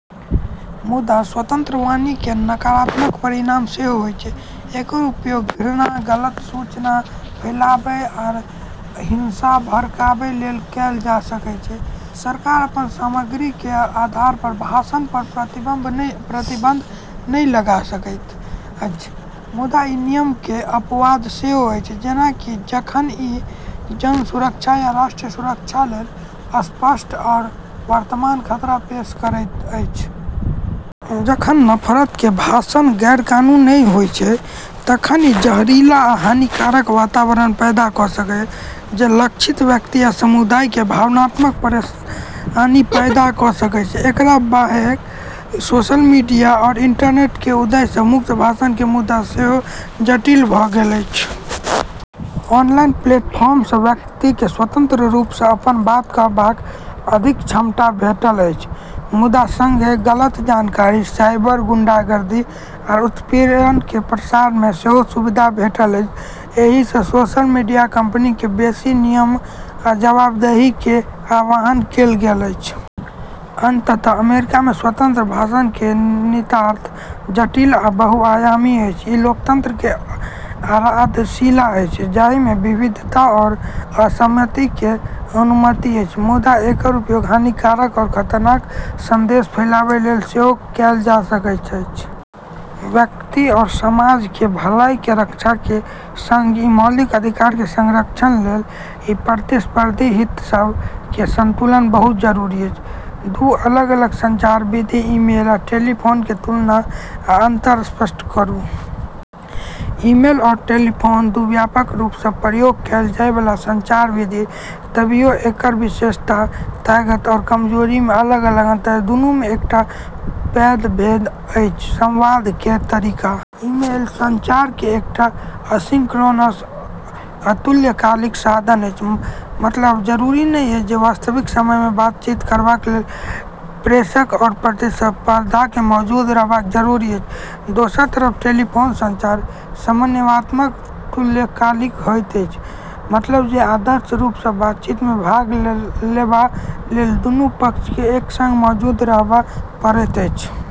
मुदा, स्वतंत्र वाणी केर नकारात्मक परिणाम सेहो होइत छैक। एकर उपयोग घृणा, गलत सूचना फैलाबै आओर हिंसा भड़काबै लेल कएल जा सकैत अछि। सरकार अपन सामग्री केर आधार पर भाषण पर प्रतिबंध नहि लगा सकैत अछि, मुदा ई नियम केर अपवाद सेहो अछि, जेना कि जखन ई जन सुरक्षा या राष्ट्रीय सुरक्षा लेल स्पष्ट आओर वर्तमान खतरा पेश करैत अछि। जखन नफरत केर भाषण गैरकानूनी नहि होइत अछि तखनहु ई जहरीला आ हानिकारक वातावरण पैदा कऽ सकैत अछि, जे लक्षित व्यक्ति आ समुदाय केँ भावनात्मक परेशानी पैदा कऽ सकैत अछि। एकरा बाहेक सोशल मीडिया आओर इंटरनेट केर उदय सँ मुक्त भाषण केर मुद्दा सेहो जटिल भऽ गेल अछि। ऑनलाइन प्लेटफॉर्म सँ व्यक्ति केँ स्वतंत्र रूप सँ अपन बात कहबाक अधिक क्षमता भेटल अछि, मुदा संगहि गलत जानकारी, साइबर गुंडागर्दी, आओर उत्पीड़न केर प्रसार मे सेहो सुविधा भेटल अछि। एहि सँ सोशल मीडिया कंपनी केँ बेसी नियमन आ जवाबदेही केर आह्वान कएल गेल अछि। अंततः अमेरिका मे स्वतंत्र भाषण केर निहितार्थ जटिल आ बहुआयामी अछि। ई लोकतंत्र केर आधारशिला अछि, जाहि मे विविधता आओर असहमति केर अनुमति अछि, मुदा एकर उपयोग हानिकारक आओर खतरनाक संदेश फैलाबै लेल सेहो कएल जा सकैत अछि। व्यक्ति आओर समाज केर भलाई केर रक्षा केर संग-संग ई मौलिक अधिकार केर संरक्षण लेल ई प्रतिस्पर्धी हित सभ केर संतुलन बहुत जरूरी अछि। दू अलग-अलग संचार विधि ईमेल आ टेलीफोन केर तुलना आ अंतर स्पष्ट करू। ईमेल आओर टेलीफोन दू व्यापक रूप सँ प्रयोग कएल जाय बला संचार विधि अछि, तभियो एकर विशेषता, ताकत आओर कमजोरी मे अलग-अलग अंतर अछि। दुनू मे एकटा पैघ भेद अछि संवाद केर तरीका। ईमेल संचार केर एकटा असिंक्रोनस अतुल्यकालिक साधन अछि, मतलब जरूरी नहि अछि जे वास्तविक समय मे बातचीत करबा लेल प्रेषक आओर प्राप्तकर्ता केँ मौजूद रहब जरूरी अछि। दोसर तरफ टेलीफोन संचार समन्वयात्मक तुल्यकालिक होइत अछि, मतलब जे आदर्श रूप सँ बातचीत मे भाग लेबा लेल दुनू पक्ष केँ एक संग मौजूद रहब पड़ैत अछि।